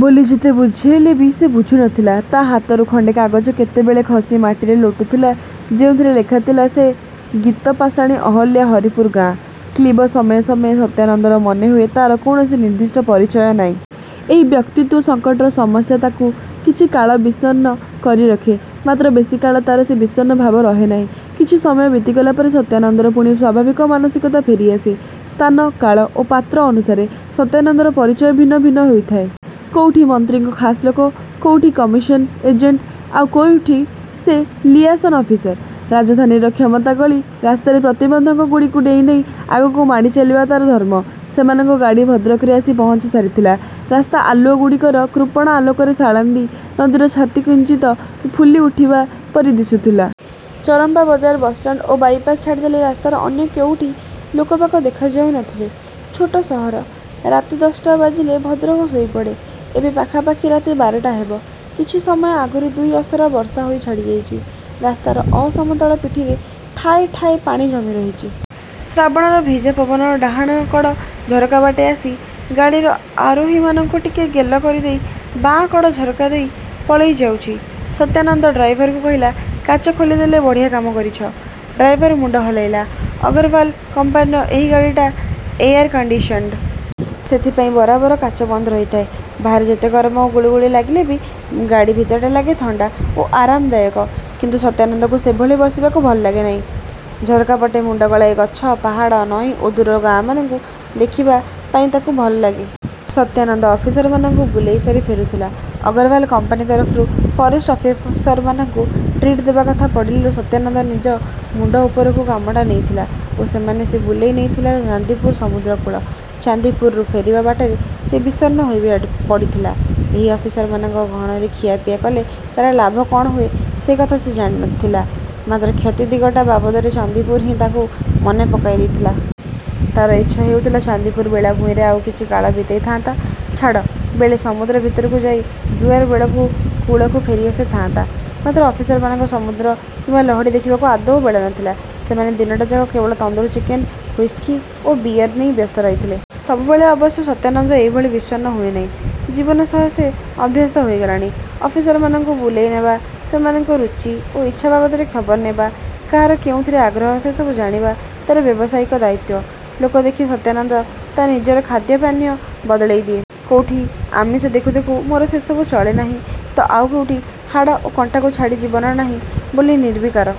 ବୋଲି ଯେତେ ବୁଝେଇଲେ ବି ସେ ବୁଝୁ ନଥିଲା। ତା ହାତରୁ ଖଣ୍ଡେ କାଗଜ କେତେବେଳେ ଖସି ମାଟିରେ ଲୋଟୁଥିଲା, ଯେଉଁଥିରେ ଲେଖାଥିଲା ସେ ଗୀତ ପାଷାଣୀ ଅହଲ୍ୟା ହରିପୁର ଗାଁ। କ୍ଳୀବ ସମୟେ ସମୟେ ସତ୍ୟାନନ୍ଦର ମନେହୁଏ, ତାର କୌଣସି ନିର୍ଦ୍ଦିଷ୍ଟ ପରିଚୟ ନାହିଁ। ଏଇ ବ୍ୟକ୍ତିତ୍ୱ ସଙ୍କଟର ସମସ୍ୟା ତାକୁ କିଛି କାଳ ବିଷଣ୍ଣ କରିରଖେ। ମାତ୍ର ବେଶିକାଳ ତାର ସେ ବିଷଣ୍ଣ ଭାବ ରହେନାହିଁ। କିଛି ସମୟ ବିତିଗଲା ପରେ ସତ୍ୟାନନ୍ଦର ପୁଣି ସ୍ୱାଭାବିକ ମାନସିକତା ଫେରିଆସେ। ସ୍ଥାନ, କାଳ ଓ ପାତ୍ର ଅନୁସାରେ ସତ୍ୟାନନ୍ଦର ପରିଚୟ ଭିନ୍ନ ଭିନ୍ନ ହୋଇଥାଏ। କୋଉଠି ମନ୍ତ୍ରୀଙ୍କ ଖାସ୍ ଲୋକ, କୋଉଠି କମିଶନ ଏଜେଣ୍ଟ, ଆଉ କୋଉଠି ସେ ଲିଆସନ ଅଫିସର। ରାଜଧାନୀର କ୍ଷମତା ଗଳି ରାସ୍ତାରେ ପ୍ରତିବନ୍ଧକ ଗୁଡ଼ିକୁ ଡେଇଁ ଡେଇଁ ଆଗକୁ ମାଡ଼ି ଚାଲିବା ତାର ଧର୍ମ। ସେମାନଙ୍କ ଗାଡ଼ି ଭଦ୍ରକରେ ଆସି ପହଞ୍ଚି ସାରିଥିଲା। ରାସ୍ତା ଆଲୁଅ ଗୁଡ଼ିକର କୃପଣ ଆଲୋକରେ ସାଳନ୍ଦୀ ନଦୀର ଛାତି କିଞ୍ଚିତ ଫୁଲି ଉଠିବା ପରି ଦିଶୁଥିଲା। ଚରମ୍ପା ବଜାର ବସ୍‌ଷ୍ଟାଣ୍ଡ ଓ ବାଇପାସ୍ ଛାଡ଼ିଦେଲେ ରାସ୍ତାର ଅନ୍ୟ କୋଉଠି ଲୋକବାକ ଦେଖାଯାଉ ନଥିଲେ। ଛୋଟ ସହର। ରାତି ଦଶଟା ବାଜିଲେ ଭଦ୍ରକ ଶୋଇପଡ଼େ। ଏବେ ପାଖାପାଖି ରାତି ବାରଟା ହେବ। କିଛି ସମୟ ଆଗରୁ ଦୁଇ ଅସରା ବର୍ଷା ହୋଇ ଛାଡ଼ିଯାଇଛି। ରାସ୍ତାର ଅସମତଳ ପିଠିରେ ଠାଏ ଠାଏ ପାଣି ଜମି ରହିଛି। ଶ୍ରାବଣର ଭିଜା ପବନ ଡାହାଣକଡ଼ ଝରକାବାଟେ ଆସି, ଗାଡ଼ିର ଆରୋହୀମାନଙ୍କୁ ଟିକେ ଗେଲ କରିଦେଇ ବାଁ କଡ଼ ଝରକା ଦେଇ ପଳେଇ ଯାଉଛି। ସତ୍ୟାନନ୍ଦ ଡ୍ରାଇଭରକୁ କହିଲା, "କାଚ ଖୋଲିଦେଇ ବଢ଼ିଆ କାମ କରିଛ।" ଡ୍ରାଇଭର ମୁଣ୍ଡ ହଲେଇଲା। ଅଗ୍ରୱାଲା କମ୍ପାନିର ଏହି ଗାଡ଼ିଟା ଏୟାର କଣ୍ଡିସନ୍‌ଡ। ସେଥିପାଇଁ ବରାବର କାଚ ବନ୍ଦ ରହିଥାଏ। ବାହାରେ ଯେତେ ଗରମ ଓ ଗୁଳୁଗୁଳି ଲାଗିଲେ ବି ଗାଡ଼ି ଭିତରଟା ଲାଗେ ଥଣ୍ଡା ଓ ଆରାମଦାୟକ। କିନ୍ତୁ ସତ୍ୟାନନ୍ଦକୁ ସେଭଳି ବସିବାକୁ ଭଲ ଲାଗେ ନାହିଁ। ଝରକାପଟେ ମୁଣ୍ଡ ଗଳାଇ ଗଛ, ପାହାଡ଼, ନଈ ଓ ଦୂର ଗାଁମାନଙ୍କୁ ଦେଖିବା ପାଇଁ ତାକୁ ଭଲ ଲାଗେ। ସତ୍ୟାନନ୍ଦ ଅଫିସରମାନଙ୍କୁ ବୁଲେଇସାରି ଫେରୁଥିଲା। ଅଗ୍ରୱାଲା କମ୍ପାନି ତରଫରୁ ଫରେଷ୍ଟ ଅଫିସରମାନଙ୍କୁ 'ଟ୍ରିଟ' ଦେବା କଥା ପଡ଼ିଲାରୁ ସତ୍ୟାନନ୍ଦ ନିଜ ମୁଣ୍ଡ ଉପରକୁ କାମଟା ନେଇଥିଲା ଓ ସେମାନଙ୍କୁ ସେ ବୁଲେଇ ନେଇଥିଲା ଚାନ୍ଦିପୁର ସମୁଦ୍ରକୂଳ। ଚାନ୍ଦିପୁରରୁ ଫେରିବା ବାଟରେ ସେ ବିଷଣ୍ଣ ହୋଇପଡ଼ିଥିଲା। ଏହି ଅଫିସରମାନଙ୍କ ଗହଣରେ ଖିଆପିଆ କଲେ ତାର ଲାଭ କଣ ହୁଏ ସେକଥା ସେ ଜାଣିଥିଲା, ମାତ୍ର କ୍ଷତି ଦିଗଟା ବାବଦରେ ଚାନ୍ଦିପୁର ହିଁ ତାକୁ ମନେ ପକାଇ ଦେଇଥିଲା। ତାର ଇଚ୍ଛା ହେଉଥିଲା ଚାନ୍ଦିପୁର ବେଳାଭୂଇଁରେ ଆଉ କିଛି କାଳ ବିତେଇ ଥାଆନ୍ତା। ଛାଡ଼ ବେଳେ ସମୁଦ୍ର ଭିତରକୁ ଯାଇ ଜୁଆର ବେଳକୁ କୂଳକୁ ଫେରିଆସି ଥାଆନ୍ତା। ମାତ୍ର ଅଫିସରମାନଙ୍କର ସମୁଦ୍ର କିମ୍ବା ଲହଡ଼ି ଦେଖିବାକୁ ଆଦୌ ବେଳ ନଥିଲା। ସେମାନେ ଦିନଟାଯାକ କେବଳ ତନ୍ଦୁର ଚିକେନ, ହୁଇସ୍କି ଓ ବିଅର ନେଇ ବ୍ୟସ୍ତ ରହିଥିଲେ। ସବୁବେଳେ ଅବଶ୍ୟ ସତ୍ୟାନନ୍ଦ ଏଭଳି ବିଷଣ୍ଣ ହୁଏ ନାହିଁ। ଜୀବନ ସହ ସେ ଅଭ୍ୟସ୍ତ ହୋଇଗଲାଣି। ଅଫିସରମାନଙ୍କୁ ବୁଲେଇନେବା, ସେମାନଙ୍କ ରୁଚି ଓ ଇଚ୍ଛା ବାବଦରେ ଖବର ନେବା, କାହାର କେଉଁଥିରେ ଆଗ୍ରହ ସେସବୁ ଜାଣିବା ତାର ବ୍ୟବସାୟିକ ଦାୟିତ୍ୱ। ଲୋକ ଦେଖି ସତ୍ୟାନନ୍ଦ ତା ନିଜର ଖାଦ୍ୟ-ପାନୀୟ ବଦଳେଇ ଦିଏ। କୋଉଠି ଆମିଷ ଦେଖୁ ଦେଖୁ, ମୋର 'ସେସବୁ ଚଳେ ନାହିଁ' ତ ଆଉ କୋଉଠି 'ହାଡ଼ ଓ କଣ୍ଟାକୁ ଛାଡ଼ି ଜୀବନ ନାହିଁ' ବୋଲି ନିର୍ବିକାର।